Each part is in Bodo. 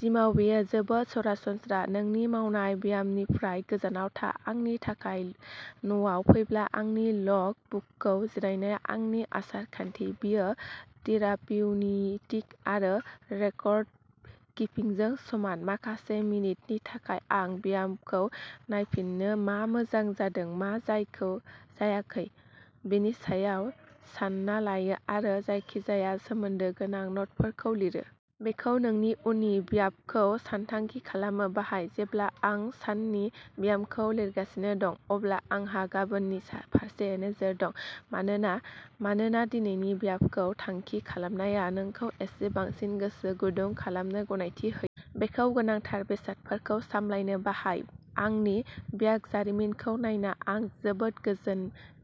जिमाव बेयो जोबोद सरासनस्रा। नों मावनाय ब्यामनिफ्राय गोजानाव था। आंनि थाखाय, न'आव फैब्ला आंनि लग बुकजों जिरायनाया आंनि आसार-खान्थि। बेयो थेरापिउटिक आरो रेकर्ड किपिंजों समान। माखासे मिनिटनि थाखाय आं ब्यामखौ नायफिनो, मा मोजां जादों, मा जायाखै बेनि सायाव सान्ना लायो आरो जायखिजाया सोमोन्दो गोनां नटफोरखौ लिरो। बेखौ नोंनि उननि ब्यामखौ सानथांखि खालामनो बाहाय। जेब्ला आं साननि ब्यामखौ लिरगासिनो दं, अब्ला आंहा गाबोननि फारसे नोजोर दं। मानो? मानोना दिनैनि ब्यामखौ सानथांखि खालामनाया नोंखौ एसे बांसिन गोसो गुदुं खालामनो गनायथि होयो। बेखौ गोनांथार बेसादफोरखौ सामलायनो बाहाय। आंनि ब्याम जारिमिनखौ नायना आं जोबोद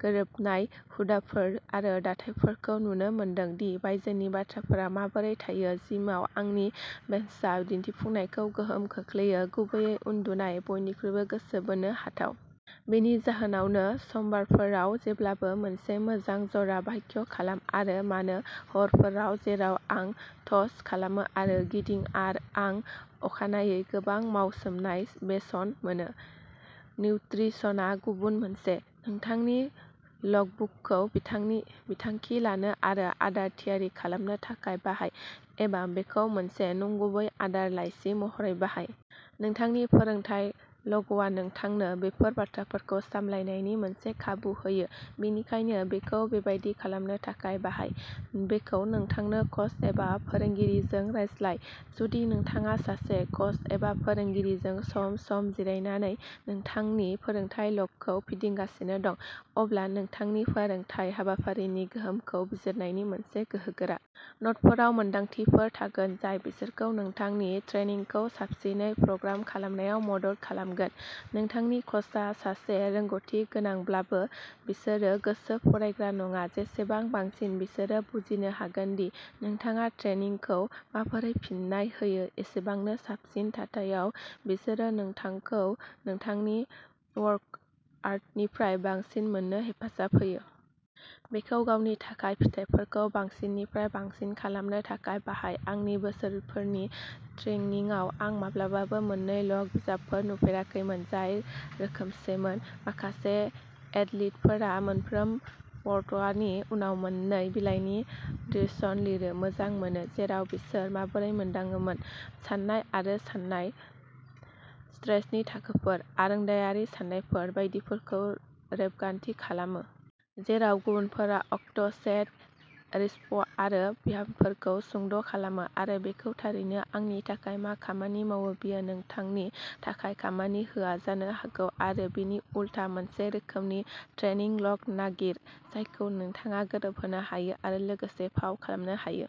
गोरोबनाय हुदाफोर आरो दाथायफोरखौ नुनो मोनदों दि बायजोनि बाथ्राफोरा माबोरै थायो। जिमआ आंनि बेन्चआव दिन्थिफुंनायखौ गोहोम खोख्लैयो। गुबैयै उन्दुनाया बयनिख्रुइबो गोसो बोनो हाथाव। बेनि जाहोनावनो समबारफोरा जेब्लाबो मोनसे मोजां ज'रा ब्याम खालामो, आरो मानो हरफोराव जेराव आं टस खालामो आरो गिदिं, आं अखानायै गोबां मावसोमनाय सेसन मोनो। निउत्रिसनआ गुबुन मोनसे। नोंथांनि लगबुकखौ बिथांखि लानो आरो आदार थियारि खालामनो थाखाय बाहाय, एबा बेखौ मोनसे नंगुबै आदार लाइसि महरै बाहाय। नोंथांनि फोरोंथाय लगआ नोंथांनो बेफोर बाथ्राफोरखौ सामलायनायनि मोनसे खाबु होयो, बेनिखायनो बेखौ बेबादि खालामनो थाखाय बाहाय। बेखौ नोंथांनि कच एबा फोरोंगिरिजों रानलाय। जुदि नोंथाङा सासे कच एबा फोरोंगिरिजों सम-सम जिरायनानै नोंथांनि फोरोंथाय लगखौ फिदिंगासिनो दं, अब्ला नोंथांनि फोरोंथाय हाबाफारिनि गोहोमखौ बिजिरनायनि मोनसे गोहोगोरा राहा। न'टफोराव मोनदांथिफोर थागोन जाय बिसोरखौ नोंथांनि ट्रेनिंखौ साबसिनै प्रग्राम खालामनायाव मदद खालामगोन। नोंथांनि कचआ सासे रोंग'थि गोनांब्लाबो, बिसोरो गोसो फरायग्रा नङा जेसेबां बांसिन बिसोरो बुजिनो हागोन दि नोंथाङा ट्रेनिंखौ माबोरै फिन्नाय होयो एसेबांनो साबसिन थाथायाव बिसोरो नोंथांखौ नोंथांनि वर्कआउटनिफ्राय बांसिन मोननो हेफाजाब होयो। बेखौ गावनि थाखाय फिथायफोरखौ बांसिननिफ्राय बांसिन खालामनो थाखाय बाहाय। आंनि बोसोरफोरनि ट्रेनिंआव आं माब्लाबाबो मोन्नै लग बिजाबफोर नुफेराखै जाय रोखोमसेमोन। माखासे एथलीटफोरा मोनफ्रोम वर्कआउटनि उनाव मोन्नै बिलाइनि डिसर्टेशन लिरनो मोजां मोनो, जेराव बिसोर माबोरै मोनदांदोंमोन, सानाय आरो सानाय, स्ट्रेसनि थाखोफोर, आरोंदायारि साननायफोर बायदिफोरखौ रेबगान्थि खालामो। जेराव गुबुनफोरा अक्ट', सेट, रिप्स आरो ब्यामफोरखौ सुंद' खालामो, आरो बेनो थारैनो आंनि थाखाय मा खामानि मावो बेयो नोंथांनि थाखाय खामानि होआ जानो हागौ, आरो बिनि उलथा। मोनसे रोखोमनि ट्रेनिं लग नागिर, जायजों नोंथाङा गोरोबनो हायो आरो लोगोसे फाव खालामनो हायो।